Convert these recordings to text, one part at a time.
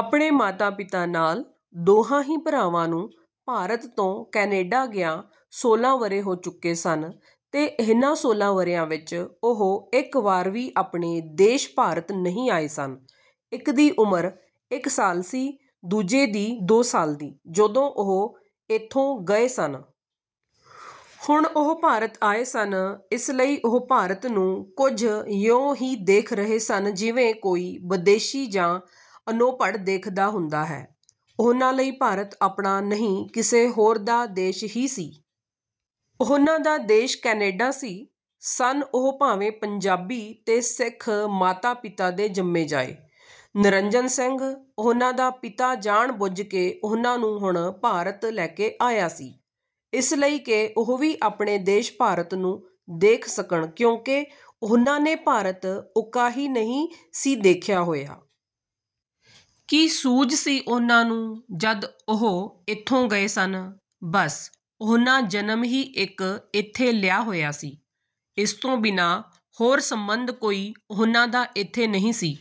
ਆਪਣੇ ਮਾਤਾ-ਪਿਤਾ ਨਾਲ ਦੋਹਾਂ ਹੀ ਭਰਾਵਾਂ ਨੂੰ ਭਾਰਤ ਤੋਂ ਕੈਨੇਡਾ ਗਿਆਂ ਸੋਲ੍ਹਾਂ ਵਰ੍ਹੇ ਹੋ ਚੁੱਕੇ ਸਨ ਤੇ ਇਹਨਾਂ ਸੋਲਾਂ ਵਰ੍ਹਿਆਂ ਵਿਚ ਉਹ ਇਕ ਵਾਰ ਵੀ ਆਪਣੇ ਦੇਸ਼ ਭਾਰਤ ਨਹੀਂ ਆਏ ਸਨ। ਇਕ ਦੀ ਉਮਰ ਇਕ ਸਾਲ ਸੀ, ਦੂਜੇ ਦੀ ਦੋ ਸਾਲ ਦੀ, ਜਦੋਂ ਉਹ ਏਥੋਂ ਗਏ ਸਨ। ਹੁਣ ਉਹ ਭਾਰਤ ਆਏ ਸਨ। ਇਸ ਲਈ ਉਹ ਭਾਰਤ ਨੂੰ ਕੁੱਝ ਇਉਂ ਹੀ ਦੇਖ ਰਹੇ ਸਨ ਜਿਵੇਂ ਕੋਈ ਬਦੇਸ਼ੀ ਜਾਂ ਅਨੋਭੜ ਦੇਖਦਾ ਹੁੰਦਾ ਹੈ। ਉਹਨਾਂ ਲਈ ਭਾਰਤ ਆਪਣਾ ਨਹੀਂ ਕਿਸੇ ਹੋਰ ਦਾ ਦੇਸ਼ ਹੀ ਸੀ। ਉਹਨਾਂ ਦਾ ਦੇਸ਼ ਕੈਨੇਡਾ ਸੀ। ਸਨ ਉਹ ਭਾਵੇਂ ਪੰਜਾਬੀ ਤੇ ਸਿੱਖ ਮਾਤਾ-ਪਿਤਾ ਦੇ ਜੰਮੇ ਜਾਏ। ਨਿਰੰਜਨ ਸਿੰਘ, ਉਹਨਾਂ ਦਾ ਪਿਤਾ ਜਾਣ-ਬੁੱਝ ਕੇ ਉਹਨਾਂ ਨੂੰ ਹੁਣ ਭਾਰਤ ਲੈ ਕੇ ਆਇਆ ਸੀ। ਇਸ ਲਈ ਕਿ ਉਹ ਵੀ ਆਪਣੇ ਦੇਸ਼ ਭਾਰਤ ਨੂੰ ਦੇਖ ਸਕਣ ਕਿਉਂਕਿ ਉਹਨਾਂ ਨੇ ਭਾਰਤ ਉਕਾ ਹੀ ਨਹੀਂ ਸੀ ਦੇਖਿਆ ਹੋਇਆ। ਕੀ ਸੂਝ ਸੀ ਉਹਨਾਂ ਨੂੰ ਜਦ ਉਹ ਏਥੋਂ ਗੲ ਸਨ? ਬਸ, ਉਹਨਾਂ ਜਨਮ ਹੀ ਇਕ ਏਥੇ ਲਿਆ ਹੋਇਆ ਸੀ। ਇਸ ਤੋਂ ਬਿਨਾਂ ਹੋਰ ਸੰਬੰਧ ਕੋਈ ਉਹਨਾਂ ਦਾ ਏਥੇ ਨਹੀਂ ਸੀ।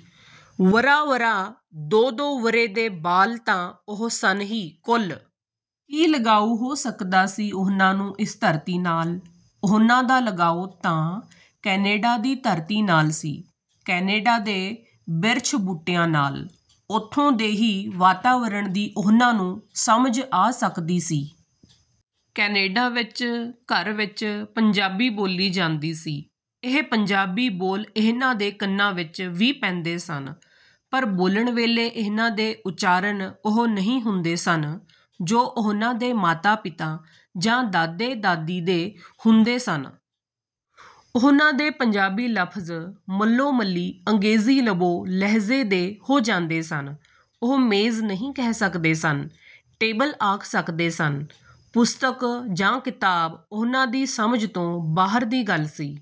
ਵਰ੍ਹਾ-ਵਰ੍ਹਾ, ਦੋ -ਦੋ ਵਰ੍ਹੇ ਦੇ ਬਾਲ ਤਾਂ ਉਹ ਸਨ ਹੀ ਕੁੱਲ। ਕੀ ਲਗਾਊ ਹੋ ਸਕਦਾ ਸੀ ਉਹਨਾਂ ਨੂੰ ਇਸ ਧਰਤੀ ਨਾਲ? ਉਹਨਾਂ ਦਾ ਲਗਾਉ ਤਾਂ ਕੈਨੇਡਾ ਦੀ ਧਰਤੀ ਨਾਲ ਸੀ, ਕੈਨੇਡਾ ਦੇ ਬਿਰਛ-ਬੂਟਿਆਂ ਨਾਲ। ਉਥੋਂ ਦੇ ਹੀ ਵਾਤਾਵਰਣ ਦੀ ਉਹਨਾਂ ਨੂੰ ਸਮਝ ਆ ਸਕਦੀ ਸੀ। ਕੈਨੇਡਾ ਵਿਚ, ਘਰ ਵਿਚ, ਪੰਜਾਬੀ ਬੋਲੀ ਜਾਂਦੀ ਸੀ। ਇਹ ਪੰਜਾਬੀ ਬੋਲ ਇਹਨਾਂ ਦੇ ਕੰਨਾਂ ਵਿਚ ਵੀ ਪੈਂਦੇ ਸਨ ਪਰ ਬੋਲਣ ਵੇਲੇ ਇਹਨਾਂ ਦੇ ਉਚਾਰਨ ਉਹ ਨਹੀਂ ਹੁੰਦੇ ਸਨ ਜੋ ਉਹਨਾਂ ਦੇ ਮਾਤਾ-ਪਿਤਾ ਜਾਂ ਦਾਦੇ-ਦਾਦੀ ਦੇ ਹੁੰਦੇ ਸਨ। ਉਹਨਾਂ ਦੇ ਪੰਜਾਬੀ ਲਫ਼ਜ਼ ਮੰਲੋ-ਮੱਲੀ ਅੰਗੇਜ਼ੀ ਲਬੋ ਲਹਿਜ਼ੇ ਦੇ ਹੋ ਜਾਂਦੇ ਸਨ। ਉਹ ਮੇਜ਼ ਨਹੀਂ ਕਹਿ ਸਕਦੇ ਸਨ, ਟੇਬਲ ਆਖ ਸਕਦੇ ਸਨ। ਪੁਸਤਕ ਜਾਂ ਕਿਤਾਬ ਉਹਨਾਂ ਦੀ ਸਮਝ ਤੋਂ ਬਾਹਰ ਦੀ ਗੱਲ ਸੀ।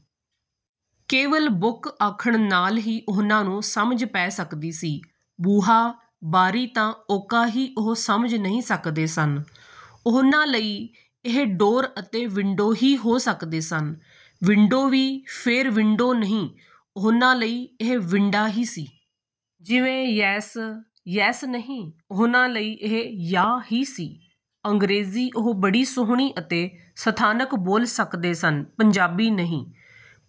ਕੇਵਲ ਬੁੱਕ ਆਖਣ ਨਾਲ ਹੀ ਉਹਨਾਂ ਨੂੰ ਸਮਝ ਪੈ ਸਕਦੀ ਸੀ। ਬੂਹਾ, ਬਾਰੀ ਤਾਂ ਉਕਾ ਹੀ ਉਹ ਸਮਝ ਨਹੀਂ ਸਕਦੇ ਸਨ। ਉਹਨਾਂ ਲਈ ਇਹ ਡੋਰ ਅਤੇ ਵਿੰਡੋ ਹੀ ਹੋ ਸਕਦੇ ਸਨ। ਵਿੰਡੋ ਵੀ ਫੇਰ ਵਿੰਡੋ ਨਹੀਂ, ਉਹਨਾਂ ਲਈ ਇਹ "ਵਿੰਡਾ" ਹੀ ਸੀ। ਜਿਵੇਂ ਯੈਸ? ਯੈਸ ਨਹੀਂ, ਉਹਨਾਂ ਲਈ ਇਹ "ਯਾਅ" ਹੀ ਸੀ। ਅੰਗਰੇਜ਼ੀ ਉਹ ਬੜੀ ਸੋਹਣੀ ਅਤੇ ਸਥਾਨਕ ਬੋਲ ਸਕਦੇ ਸਨ, ਪੰਜਾਬੀ ਨਹੀਂ।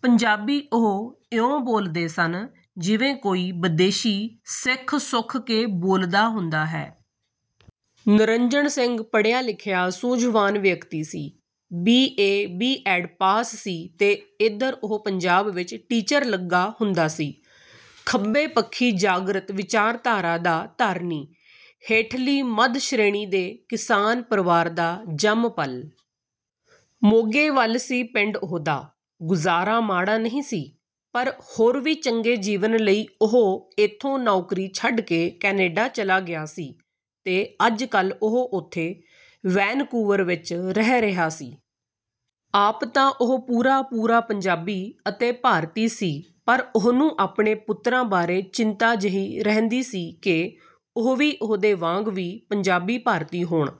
ਪੰਜਾਬੀ ਉਹ ਇਉਂ ਬੋਲਦੇ ਸਨ ਜਿਵੇਂ ਕੋਈ ਬਦੇਸ਼ੀ ਸਿੱਖ-ਸੁੱਖ ਕੇ ਬੋਲਦਾ ਹੁੰਦਾ ਹੈ। ਨਿਰੰਜਣ ਸਿੰਘ ਪੜ੍ਹਿਆ ਲਿਖਿਆ ਸੂਝਵਾਨ ਵਿਅਕਤੀ ਸੀ। B. A. B. Ed pass ਸੀ ਤੇ ਏਧਰ ਉਹ ਪੰਜਾਬ ਵਿਚ ਟੀਚਰ ਲੱਗਾ ਹੁੰਦਾ ਸੀ। ਖੱਬੇ ਪੱਖੀ ਜਾਗ੍ਰਤ ਵਿਚਾਰਧਾਰਾ ਦਾ ਧਾਰਨੀ। ਹੇਠਲੀ ਮੱਧ ਸ਼੍ਰੇਣੀ ਦੇ ਕਿਸਾਨ ਪਰਿਵਾਰ ਦਾ ਜੰਮਪਲ। ਮੋਗੇ ਵੱਲ ਸੀ ਪਿੰਡ ਉਹਦਾ। ਗੁਜ਼ਾਰਾ ਮਾੜਾ ਨਹੀਂ ਸੀ, ਪਰ ਹੋਰ ਵੀ ਚੰਗੇ ਜੀਵਨ ਲਈ ਉਹ ਏਥੋਂ ਨੌਕਰੀ ਛੱਡ ਕੇ ਕੈਨੇਡਾ ਚਲਾ ਗਿਆ ਸੀ ਤੇ ਅੱਜਕੱਲ੍ਹ ਉਹ ਉਥੇ ਵੈਨਕੂਵਰ ਵਿਚ ਰਹਿ ਰਿਹਾ ਸੀ। ਆਪ ਤਾਂ ਉਹ ਪੂਰਾ-ਪੂਰਾ ਪੰਜਾਬੀ ਅਤੇ ਭਾਰਤੀ ਸੀ ਪਰ ਉਹਨੂੰ ਆਪਣੇ ਪੁੱਤਰਾਂ ਬਾਰੇ ਚਿੰਤਾ ਜਿਹੀ ਰਹਿੰਦੀ ਸੀ ਕਿ ਉਹ ਵੀ ਉਹਦੇ ਵਾਂਗ ਵੀ ਪੰਜਾਬੀ ਭਾਰਤੀ ਹੋਣ।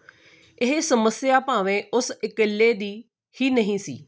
ਇਹ ਸਮੱਸਿਆ ਭਾਵੇਂ ਉਸ ਇਕੱਲੇ ਦੀ ਹੀ ਨਹੀਂ ਸੀ।